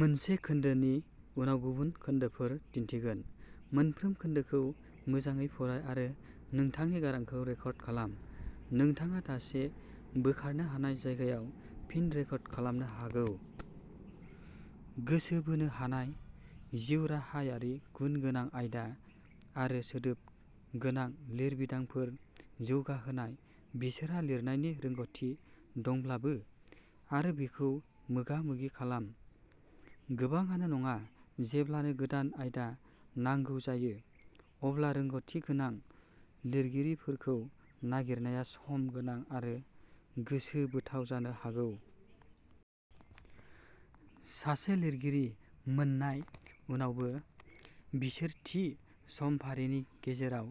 मोनसे खोन्दोनि उनाव गुबुन खोन्दोफोर दिन्थिगोन। मोनफ्रोम खोन्दोनि मोजाङै फराय आरो नोंथांनि गारांखौ रेकर्ड खालाम। नोंथाङा थासे बोखारनो हानाय जायगायाव फिन रेकर्ड खालामनो हागौ। गोसो बोनो हानाय, जिउराहायारि गुन गोनां आयदा आरो सोदोब गोनां लिरबिदांफोर जौगाहोनाय, बिसोरहा लिरनायनि रोंग'थि दंब्लाबो। आरो बेखौ मोगामोगि खालाम, गोबांआनो नङा। जेब्लानो गोदान आयदा नांगौ जायो, अब्ला रोंग'थि गोनां लिरगिरिफोरखौ नागिरनाया सम गोनां आरो गोसो बोथाव जानो हागौ। सासे लिरगिरि मोन्नाय उनावबो, बिसोर थि समफारिनि गेजेराव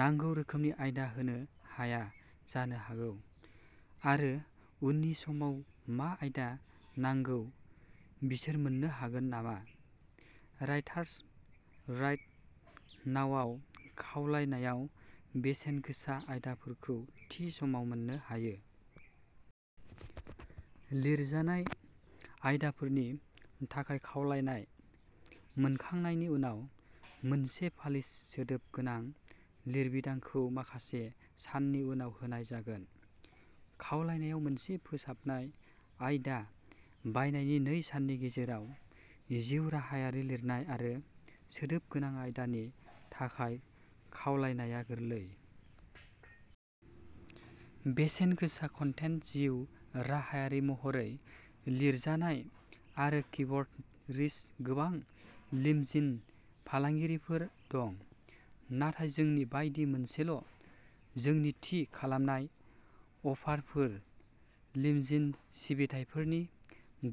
नांगौ रोखोमनि आयदा होनो हाया जानो हागौ। आरो उननि समाव मा आयदा नांगौ? बिसोर मोन्नो हागोन नामा? राइटार्स राइट नाउआव, खावलायनायाव बेसेनगोसा आयदाफोरखौ थि समाव मोननो हायो। लिरजानाय आयदाफोरनि थाखाय खावलायनाय मोनखांनायनि उनाव मोनसे पालिश, सोदोब गोनां लिरबिदांखौ माखासे साननि उनाव होनाय जागोन। खावलायनायाव मोनसे फोसाबनाय आयदा बायनायनि नै साननि गेजेराव जिउ राहायारि लिरनाय आरो सोदोब गोनां आयदानि थाखाय खावलायनाया गोरलै। बेसेनगोसा कन्टेन्ट जिउ राहायारि महरै लिरजानाय, आरो किवर्ड रिच गोबां लिम'जिन फालांगिफोर दं, नाथाय जोंनि बायदि मोनसेल'। जोंनि थि खालामनाय अफारफोर, लिम'जिन सिबिथाइफोरनि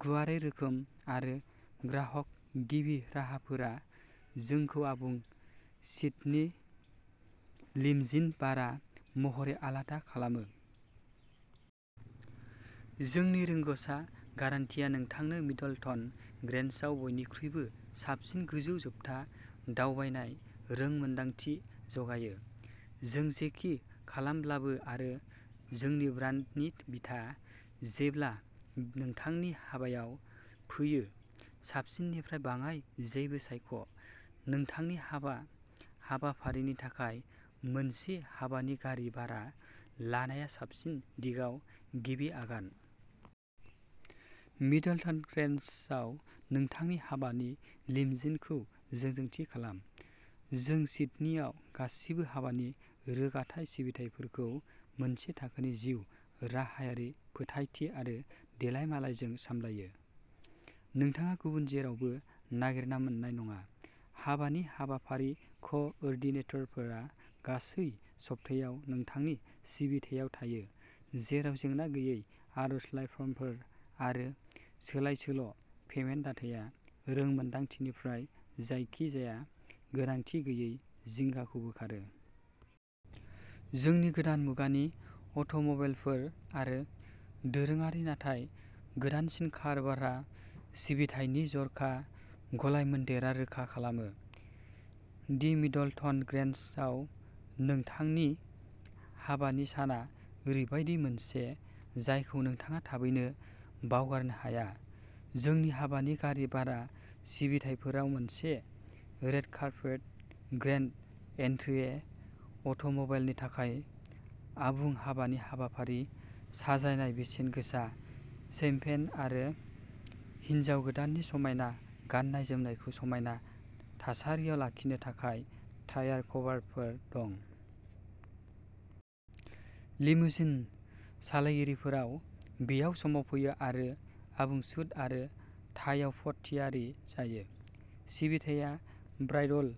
गुवारै रोखोम, आरो ग्राहक गिबि राहाफोरा जोंखौ आबुं सिडनी लिम'जिन भारा महरै आलादा खालामो। जोंनि रोंग'सा गारान्टिआ नोंथांनो मिडलटन ग्रेन्जआव बयनिख्रुइबो साबसिन गोजौ-जोबथा दावबायनाय रों मोनदांथि जगायो, जों जेखि खालामब्लाबो आरो जोंनि ब्रान्डनि बिथा। जेब्ला नोंथांनि हाबायाव फैयो, साबसिननिफ्राय बाङाइ जेबो सायख'। नोंथांनि हाबानि हाबाफारिनि थाखाय मोनसे हाबानि गारि भारा लानाया साबसिन दिगाव गिबि आगान। मिडलटन ग्रेन्जआव नोंथांनि हाबानि लिम'जिनखौ जोंजों थि खालाम। जों सिडनीआव गासिबो हाबानि रोगाथाइ सिबिथाइफोरखौ मोनसे थाखोनि जिउ राहायारि, फोथायथि, आरो देलायमालायजों सामलायो। नोंथाङा गुबुन जेरावबो नागिरना मोन्नाय नङा। हाबानि हाबाफारि क'ओर्डिनेटरफोरा गासै सप्तायाव नोंथांनि सिबिथायाव थायो, जेराव जेंना-गैयै आर'जलाइ फर्मफोर आरो सोलाय-सोल' पेमेन्ट दाथाया रोंमोन्दांथिनिफ्राय जायखिजाया गोनांथि गैयै जिंगाखौ बोखारो। जोंनि गोदान मुगानि अट'म'बाइलफोर आरो दोरोङारि, नाथाय गोदानसिन कार भारा सिबिथायनि जर'खा गलायमोन्देरआ रोखा खालामो दि मिडलटन ग्रेन्ज आव नोंथांनि हाबानि साना ओरैबायदि मोनसे जायखौ नोंथाङा थाबैनो बावगारनो हाया। जोंनि हाबानि गारि भारा सिबिथाइफोराव मोनसे रेड कार्पेट ग्रेन्ड एन्ट्रिवे, अट'मबाइलनि थाखाय आबुं हाबानि हाबाफारि साजायनाय, बेसेनगोसा शैम्पेन, आरो हिन्जाव गोदाननि समायना गाननाय-जोमनायखौ समायना थासारियाव लाखिनो थाखाय टायार कभारफोर दं। लिमुजिन सालायगिरिफोराव बेयाव समाव फैयो आरो आबुं सुट आरो टाइआव फट' थियारि जायो। सिबिथाया ब्राइडल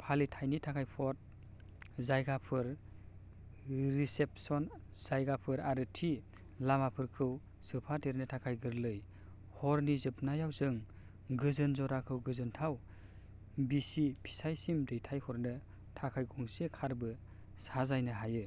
फालिथायनि थाखाय फट' जायगाफोर, रिसेपसन जायगाफोर, आरो थि लामाफोरखौ सोफादेरनो थाखाय गोरलै। हरनि जोबनायाव, जों गोजोन जराखौ गोजोनथाव बिसि-फिसायसिम दैथायहरनो थाखाय गंसे कारबो साजायनो हायो।